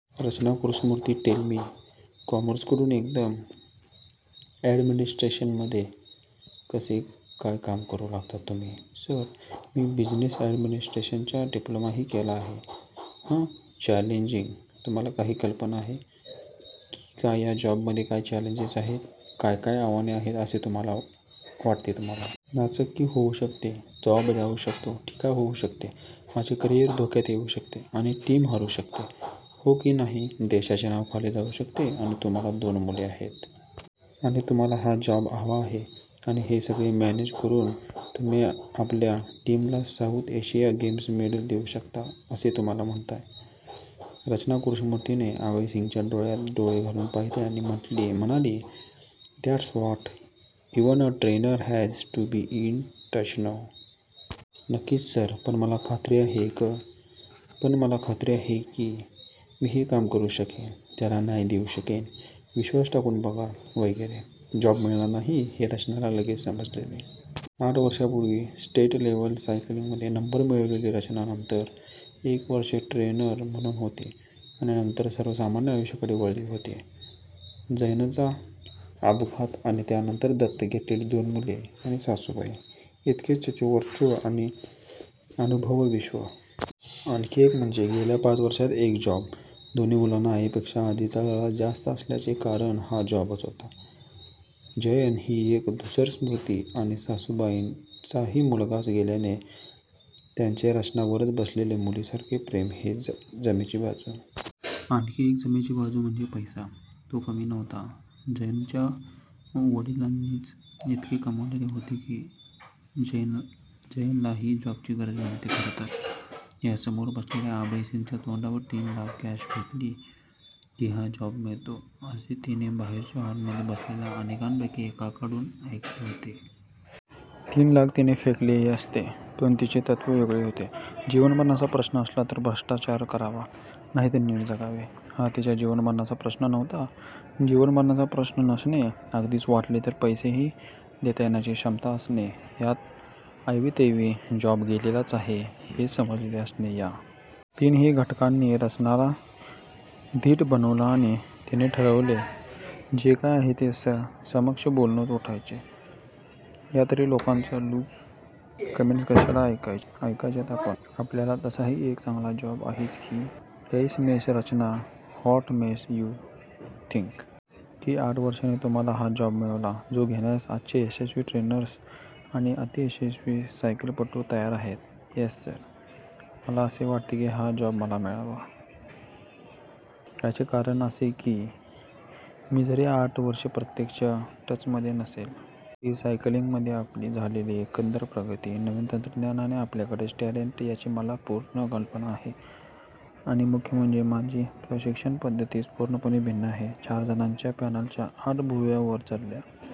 रचना Krishnamurthy tell me, कॉमर्सकडून एकदम अॅडमिनिस्ट्रेशनमध्ये कसे काय काम करू लागलात तुम्ही? "सर, मी बिझिनेस अॅडमिनिस्ट्रेशनचा डिप्लोमाही केला आहे." "हं चॅलेंजिंग, तुम्हाला काही कल्पना आहे, की या जॉबमध्ये काय चॅलेंजेस आहेत? " "काय काय आव्हाने आहेत असे वाटते तुम्हाला? " "नाचक्की होऊ शकते. जॉब जाऊ शकतो. " "टीका होऊ शकते. माझे करीअर धोक्यात येऊ शकते. " "आणि टीम हरू शकते. हो की नाही? देशाचे नांव खाली जाऊ शकते. " "आणि तुम्हाला दोन मुले आहेत. आणि तुम्हाला हा जॉब हवा आहे. आणि हे सगळे मॅनेज करून तुम्ही आपल्या टीमला साऊथ एशिया गेम्समध्ये मेडल देऊ शकता असे तुम्ही म्हणताय. " रचना कृष्णमूर्थीने अभय सिंगच्या डोळ्यात डोळे घालून पाहिले आणि म्हणाली,"दॅट्स what even a trainer has to be in touch no? " "नक्कीच सर, पण मला खात्री आहे क " "पण मला खात्री आहे. की मी हे काम करू शकेन त्याला न्याय देऊ शकेन, विश्वास टाकून बघा, वगैरे" जॉब मिळणार नाही हे रचनाला लगेचच समजले. आठ वर्षापूर्वी स्टेट लेव्हल सायकलिंगमध्ये नंबर मिळवलेली रचना नंतर एकच वर्ष ट्रेनर म्हणून होती आणि नंतर सर्वसामान्य आयुष्याकडे वळली होती. जयनचा अपघात आणि त्यानंतर दत्तक घेतलेली दोन मुले आणि सासूबाई. इतकेच तिचे वर्तुळ आणि अनुभवविश्व. आणखी एक म्हणजे गेल्या पाच वर्षातील एक जॉब. दोन्ही मुलांना आईपेक्षा आजीचा लळा जास्त असल्याचे कारणही हा जॉबच होता. जयन ही एक धूसर स्मृती आणी सासूबाईंचाही मुलगाच गेल्याने त्यांचे रचनावरच बसलेले मुलीसारखे प्रेम ही जमेची बाजू. आणखी एक जमेची बाजू म्हणजे पैसा. तो कमी नव्हता. जयनच्या वडिलांनीच इतके कमावलेले होते की जयनलाही जॉबची गरज नव्हती खरे तर. या समोर बसलेल्या अभय सिंगच्या तोंडावर तीन लाख कॅश फेकली की हा जॉब मिळतो असे तिने बाहेरच्या हॉलमध्ये बसलेल्या अनेकांपैकी एकाकडून ऐकले होते. तीन लाख तिने फेकलेही असते. पण तिचे तत्व वेगळे होते. जीवन मरणाचा प्रश्न असला तर भ्रष्टाचार करावा. नाहीतर नीट जगावे. हा तिच्या जीवनमरणाचा प्रश्न नव्हता. जीवन मरणाचा प्रश्न नसणे, अगदीच वाटले तर पैसेही देता येण्याची क्षमता असणे आणि एवीतेवी जॉब गेलेलाच आहे हे समजलेले असणे.या तीनही घटकांनी रचनाला धीट बनवले आणि तिने ठरवले. जे काय आहे ते समक्ष बोलूनच उठायचे. या तरी लोकांच्या लूज कमेंट्स कशाला ऐकायच्यायत आपण? आपल्याला तसाही एक चांगला जॉब आहेच की? "Yes Miss Rachana, what makes you think? की आठ वर्षांनी तुम्हाला हा जॉब मिळावा. जो घेण्यास आजचे यशस्वी ट्रेनर्स आणि अतियशस्वी सायकलपटू तयार आहेत? " "येस सर, मला असे वाटते की हा जॉब मला मिळावा. याचे कारण असे.. की मी जरी आठ वर्षे प्रत्यक्ष टचमध्ये नसले. तरी सायकलिंगमद्ये आपली झालेली एकंदर प्रगती, नवीन तंत्रज्ञाने आणि आपल्याकडचे टॅलेंट याची मला पूर्ण कल्पना आहे. आणि मुख्य म्हणजे. माझी प्रशिक्षण पद्धतीच पूर्णपणे भिन्न आहे. " चारजणांच्या पॅनेलच्या आठ भुवया वर चढल्या.